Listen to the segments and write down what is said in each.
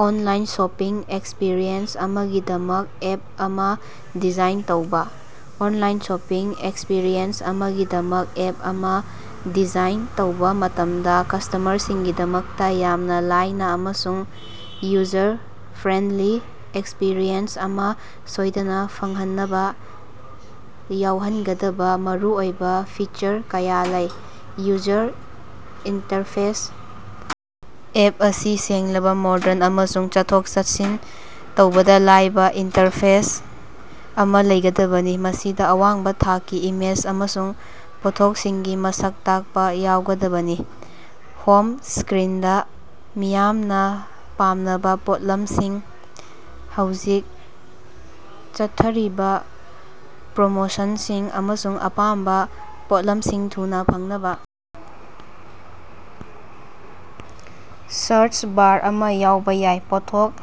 Online shopping experience ꯑꯃꯒꯤꯗꯃꯛ app ꯑꯃ design ꯇꯧꯕ꯫ ꯑꯣꯟꯂꯥꯏꯟ ꯁꯣꯄꯤꯡ ꯑꯦꯛꯁꯄꯤꯔꯤꯑꯦꯟꯁ ꯑꯃꯒꯤꯗꯃꯛ ꯑꯦꯞ ꯑꯃ ꯗꯤꯖꯥꯏꯟ ꯇꯧꯕꯥ ꯃꯇꯝꯗ, ꯀꯁ꯭ꯇꯃꯔꯒꯤꯗꯃꯛꯇ ꯌꯥꯝꯅ ꯂꯥꯏꯅ ꯑꯃꯁꯨꯡ ꯌꯨꯖꯔ-ꯐ꯭ꯔꯦꯟꯗꯂꯤ ꯑꯦꯛꯁꯄꯤꯔꯤꯑꯦꯟꯁ ꯑꯃ ꯁꯣꯏꯗꯅ ꯐꯪꯍꯟꯅꯕ ꯌꯥꯎꯍꯟꯒꯗꯕ ꯃꯔꯨꯑꯣꯏꯕ ꯐꯤꯆꯔ ꯀꯌꯥ ꯂꯩ꯫ ꯌꯨꯖꯔ ꯏꯟꯇꯔꯐꯦꯁ: ꯑꯦꯞ ꯑꯁꯤ ꯁꯦꯡꯂꯕ, ꯃꯣꯗꯔꯟ ꯑꯃꯁꯨꯡ ꯆꯠꯊꯣꯛ-ꯆꯠꯁꯤꯟ ꯇꯧꯕꯗ ꯂꯥꯏꯕ ꯏꯟꯇꯔꯐꯦꯁ ꯑꯃ ꯂꯩꯒꯗꯕꯅꯤ, ꯃꯁꯤꯗ ꯑꯋꯥꯡꯕ ꯊꯥꯛꯀꯤ ꯏꯃꯦꯖ ꯑꯃꯁꯨꯡ ꯄꯣꯠꯊꯣꯛꯁꯤꯡꯒꯤ ꯃꯁꯛ ꯇꯥꯛꯄ ꯌꯥꯎꯒꯗꯕꯅꯤ꯫ ꯍꯣꯝ ꯁ꯭ꯀꯔꯤꯟꯗ ꯃꯤꯌꯥꯝꯅ ꯄꯥꯝꯅꯕ ꯄꯣꯠꯂꯃꯁꯤꯡ, ꯍꯧꯖꯤꯛ ꯆꯠꯊꯔꯤꯕ ꯄ꯭ꯔꯣꯃꯣꯁꯟꯁꯤꯡ, ꯑꯃꯁꯨꯡ ꯑꯄꯥꯝꯕ ꯄꯣꯠꯂꯝꯁꯤꯡ ꯊꯨꯅ ꯐꯪꯅꯕ ꯁꯥꯔꯆ ꯕꯥꯔ ꯑꯃ ꯌꯥꯎꯕ ꯌꯥꯏ꯫ ꯄꯣꯠꯊꯣꯛ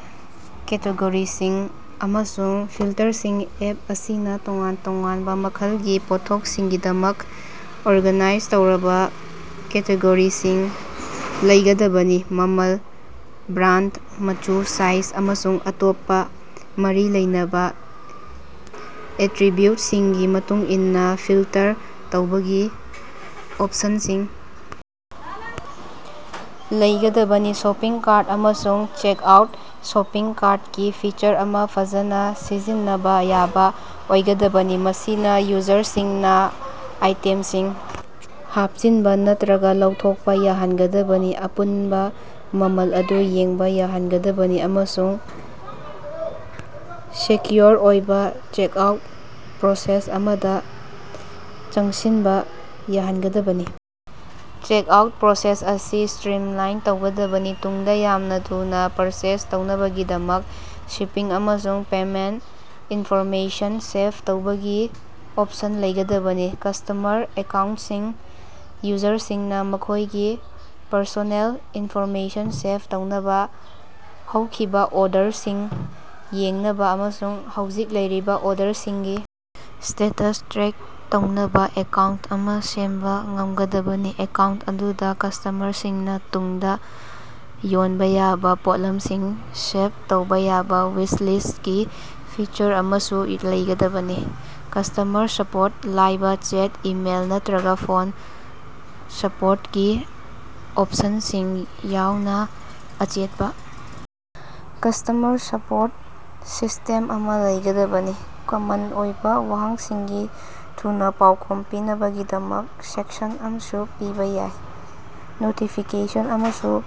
ꯀꯦꯇꯦꯒꯣꯔꯤꯁꯤꯡ ꯑꯃꯁꯨꯡ ꯐꯤꯜꯇꯔꯁꯤꯡ: ꯑꯦꯞ ꯑꯁꯤꯅ ꯇꯣꯉꯥꯟ ꯇꯣꯉꯥꯟꯕ ꯃꯈꯜꯒꯤ ꯄꯣꯠꯊꯣꯛꯁꯤꯡꯒꯤꯗꯃꯛ ꯑꯣꯔꯒꯅꯥꯏꯖ ꯇꯧꯔꯕ ꯀꯦꯇꯦꯒꯣꯔꯤꯁꯤꯡ ꯂꯩꯒꯗꯕꯅꯤ, ꯃꯃꯜ, ꯕ꯭ꯔꯥꯟꯗ, ꯃꯆꯨ, ꯁꯥꯏꯖ, ꯑꯃꯁꯨꯡ ꯑꯇꯣꯞꯄ ꯃꯔꯤ ꯂꯩꯅꯕ ꯑꯦꯇ꯭ꯔꯤꯕ꯭ꯌꯨꯠꯁꯤꯡꯒꯤ ꯃꯇꯨꯡ ꯏꯟꯅ ꯐꯤꯜꯇꯔ ꯇꯧꯕꯒꯤ ꯑꯣꯞꯁꯟꯁꯤꯡ ꯂꯩꯒꯗꯕꯅꯤ꯫ ꯁꯣꯄꯤꯡ ꯀꯥꯔꯠ ꯑꯃꯁꯨꯡ ꯆꯦꯛꯑꯥꯎꯠ: ꯁꯣꯄꯤꯡ ꯀꯥꯔꯇꯀꯤ ꯐꯤꯆꯔ ꯑꯃ ꯐꯖꯅ ꯁꯤꯖꯤꯟꯅꯕ ꯌꯥꯕ ꯑꯣꯏꯒꯗꯕꯅꯤ, ꯃꯁꯤꯅ ꯌꯨꯖꯔꯁꯤꯡꯅ ꯑꯥꯏꯇꯦꯝꯁꯤꯡ ꯍꯥꯞꯆꯤꯟꯕ ꯅꯠꯇ꯭ꯔꯒ ꯂꯧꯊꯣꯛꯄ ꯌꯥꯍꯟꯒꯗꯕꯅꯤ, ꯑꯄꯨꯟꯕ ꯃꯃꯜ ꯑꯗꯨ ꯌꯦꯡꯕ ꯌꯥꯍꯟꯒꯗꯕꯅꯤ ꯑꯃꯁꯨꯡ ꯁꯦꯀ꯭ꯌꯨꯑꯣꯔ ꯑꯣꯏꯕ ꯆꯦꯛꯑꯥꯎꯠ ꯄ꯭ꯔꯣꯁꯦꯁ ꯑꯃꯗ ꯆꯪꯁꯤꯟꯕ ꯌꯥꯍꯟꯒꯗꯕꯅꯤ꯫ ꯆꯦꯛꯑꯥꯎꯠ ꯄ꯭ꯔꯣꯁꯦꯁ ꯑꯁꯤ ꯁ꯭ꯇꯔꯤꯝꯂꯥꯏꯟ ꯇꯧꯒꯗꯕꯅꯤ, ꯇꯨꯡꯗ ꯌꯥꯝꯅ ꯊꯨꯅ ꯄꯔꯆꯦꯖ ꯇꯧꯅꯕꯒꯤꯗꯃꯛ ꯁꯤꯄꯤꯡ ꯑꯃꯁꯨꯡ ꯄꯦꯃꯦꯟꯇ ꯏꯟꯐꯣꯔꯃꯦꯁꯟ ꯁꯦꯚ ꯇꯧꯕꯒꯤ ꯑꯣꯞꯁꯟ ꯂꯩꯒꯗꯕꯅꯤ꯫ ꯀꯁ꯭ꯇꯃꯔ ꯑꯦꯀꯥꯎꯟꯇꯁꯤꯡ: ꯌꯨꯖꯔꯁꯤꯡꯅ ꯃꯈꯣꯏꯒꯤ ꯄꯔꯁꯣꯅꯦꯜ ꯏꯟꯐꯣꯔꯃꯦꯁꯟ ꯁꯦꯚ ꯇꯧꯅꯕ, ꯍꯧꯈꯤꯕ ꯑꯣꯔꯗꯔꯁꯤꯡ ꯌꯦꯡꯅꯕ ꯑꯃꯁꯨꯡ ꯍꯧꯖꯤꯛ ꯂꯩꯔꯤꯕ ꯑꯣꯔꯗꯔꯁꯤꯡꯒꯤ ꯁ꯭ꯇꯦꯇꯁ ꯇ꯭ꯔꯦꯛ ꯇꯧꯅꯕ ꯑꯦꯀꯥꯎꯟꯇ ꯑꯃ ꯁꯦꯝꯕ ꯉꯝꯒꯗꯕꯅꯤ꯫ ꯑꯦꯀꯥꯎꯟꯇ ꯑꯗꯨꯗ ꯀꯁ꯭ꯇꯃꯔꯁꯤꯡꯅ ꯇꯨꯡꯗ ꯌꯣꯟꯕ ꯌꯥꯕ ꯄꯣꯠꯂꯝꯁꯤꯡ ꯁꯦꯚ ꯇꯧꯕ ꯌꯥꯕ ꯋꯤꯁ ꯂꯤꯁ꯭ꯇꯀꯤ ꯐꯤꯆꯔ ꯑꯃꯁꯨ ꯂꯩꯒꯗꯕꯅꯤ꯫ ꯀꯁ꯭ꯇꯃꯔ ꯁꯄꯣꯔꯠ: ꯂꯥꯏꯕ ꯆꯦꯠ, ꯏꯃꯦꯏꯜ, ꯅꯠꯇ꯭ꯔꯒ ꯐꯣꯟ ꯁꯄꯣꯔꯇꯀꯤ ꯑꯣꯞꯁꯟꯁꯤꯡ ꯌꯥꯎꯅ ꯑꯆꯦꯠꯄ ꯀꯁ꯭ꯇꯃꯔ ꯁꯄꯣꯔꯠ ꯁꯤꯁ꯭ꯇꯦꯝ ꯑꯃ ꯂꯩꯒꯗꯕꯅꯤ꯫ ꯀꯃꯟ ꯑꯣꯏꯕ ꯋꯥꯍꯪꯁꯤꯡꯒꯤ ꯊꯨꯅ ꯄꯥꯎꯈꯨꯝ ꯄꯤꯅꯕꯒꯤꯗꯃꯛ ꯁꯦꯛꯁꯟ ꯑꯃꯁꯨ ꯄꯤꯕ ꯌꯥꯏ꯫ ꯅꯣꯇꯤꯐꯤꯀꯦꯁꯟ ꯑꯃꯁꯨꯡ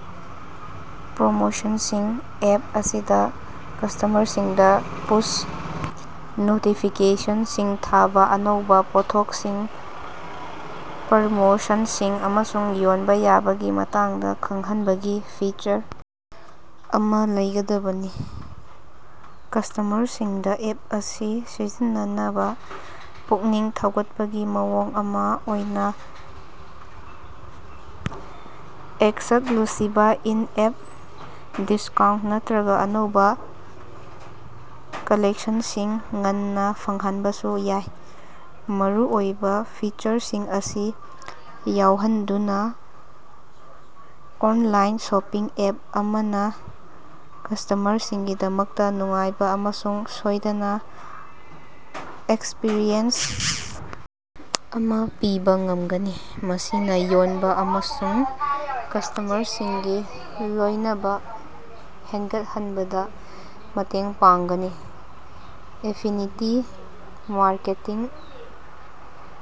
ꯄ꯭ꯔꯣꯃꯣꯁꯟꯁꯤꯡ: ꯑꯦꯞ ꯑꯁꯤꯗ ꯀꯁ꯭ꯇꯃꯔꯁꯤꯡꯗ ꯄꯨꯁ ꯅꯣꯇꯤꯐꯤꯀꯦꯁꯟꯁꯤꯡ ꯊꯥꯕ, ꯑꯅꯧꯕ ꯄꯣꯠꯊꯣꯛꯁꯤꯡ, ꯄ꯭ꯔꯃꯣꯁꯟꯁꯤꯡ, ꯑꯃꯁꯨꯡ ꯌꯣꯟꯕ ꯌꯥꯕꯒꯤ ꯃꯇꯥꯡꯗ ꯈꯪꯍꯟꯕꯒꯤ ꯐꯤꯆꯔ ꯑꯃ ꯂꯩꯒꯗꯕꯅꯤ꯫ ꯀꯁꯇꯃꯔꯁꯤꯡꯗ ꯑꯦꯞ ꯑꯁꯤ ꯁꯤꯖꯤꯟꯅꯅꯕ ꯄꯨꯛꯅꯤꯡ ꯊꯧꯒꯠꯄꯒꯤ ꯃꯑꯣꯡ ꯑꯃ ꯑꯣꯏꯅ ꯑꯦꯛꯁꯛꯂꯨꯁꯤꯕ ꯏꯟ-ꯑꯦꯞ ꯗꯤꯁꯀꯥꯎꯟꯇ ꯅꯠꯇ꯭ꯔꯒ ꯑꯅꯧꯕ ꯀꯂꯦꯛꯁꯟꯁꯤꯡ ꯉꯟꯅ ꯐꯪꯍꯟꯕꯁꯨ ꯌꯥꯏ꯫ ꯃꯔꯨꯑꯣꯏꯕ ꯐꯤꯆꯔꯁꯤꯡ ꯑꯁꯤ ꯌꯥꯎꯍꯟꯗꯨꯅ ꯑꯣꯅꯂꯥꯏꯟ ꯁꯣꯄꯤꯡ ꯑꯦꯞ ꯑꯃꯅ ꯀꯁꯇꯃꯔꯁꯤꯡꯒꯤꯗꯃꯛꯇ ꯅꯨꯡꯉꯥꯏꯕ ꯑꯃꯁꯨꯡ ꯁꯣꯏꯗꯅ ꯑꯦꯛꯁꯄꯔꯤꯌꯦꯟꯁ ꯑꯃ ꯄꯤꯕ ꯉꯝꯒꯅꯤ, ꯃꯁꯤꯅꯥ ꯌꯣꯟꯕ ꯑꯃꯁꯨꯡ ꯀꯁ꯭ꯇꯃꯔꯁꯤꯡꯒꯤ ꯂꯣꯏꯅꯕ ꯍꯦꯟꯒꯠꯍꯟꯕꯗ ꯃꯇꯦꯡ ꯄꯥꯡꯒꯅꯤ꯫ ꯑꯦꯐꯤꯅꯤꯇꯤ ꯃꯥꯔꯀꯦꯇꯤꯡ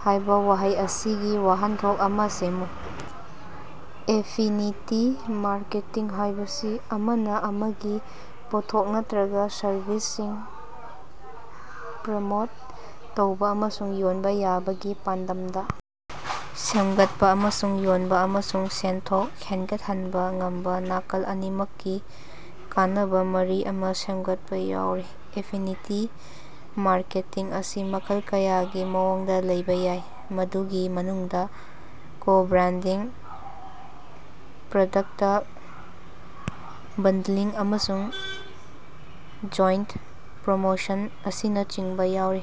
ꯍꯥꯏꯕ ꯋꯥꯍꯩ ꯑꯁꯤꯒꯤ ꯋꯥꯍꯟꯊꯣꯛ ꯑꯃ ꯁꯦꯝꯃꯨ꯫ ꯑꯦꯐꯤꯅꯤꯇꯤ ꯃꯥꯔꯀꯦꯇꯤꯡ ꯍꯥꯏꯕꯁꯤ ꯑꯃꯅ ꯑꯃꯒꯤ ꯄꯣꯠꯊꯣꯛ ꯅꯠꯇ꯭ꯔꯒ ꯁꯔꯚꯤꯁꯁꯤꯡ ꯄ꯭ꯔꯃꯣꯠ ꯇꯧꯕ ꯑꯃꯁꯨꯡ ꯌꯣꯟꯕ ꯌꯥꯕꯒꯤ ꯄꯥꯟꯗꯝꯗ ꯁꯦꯝꯒꯠꯄ, ꯑꯃꯁꯨꯡ ꯌꯣꯟꯕ ꯑꯃꯁꯨꯡ ꯁꯦꯟꯊꯣꯛ ꯍꯦꯟꯒꯠꯍꯟꯕ ꯉꯝꯕ ꯅꯥꯀꯜ ꯑꯅꯤꯃꯛꯀꯤ ꯀꯥꯟꯅꯕ ꯃꯔꯤ ꯑꯃ ꯁꯦꯝꯒꯠꯄ ꯌꯥꯎꯔꯤ꯫ ꯑꯦꯐꯤꯅꯤꯇꯤ ꯃꯥꯔꯀꯦꯇꯤꯡ ꯑꯁꯤ ꯃꯈꯜ ꯀꯌꯥꯒꯤ ꯃꯑꯣꯡꯗ ꯂꯧꯕ ꯌꯥꯏ, ꯃꯗꯨꯒꯤ ꯃꯅꯨꯡꯗ ꯀꯣ-ꯕ꯭ꯔꯦꯟꯗꯤꯡ, ꯄ꯭ꯔꯗꯛꯇ ꯕꯟꯗꯂꯤꯡ, ꯑꯃꯁꯨꯡ ꯖꯣꯏꯟꯇ ꯄ꯭ꯔꯃꯣꯁꯟ ꯑꯁꯤꯅꯆꯤꯡꯕ ꯌꯥꯎꯔꯤ꯫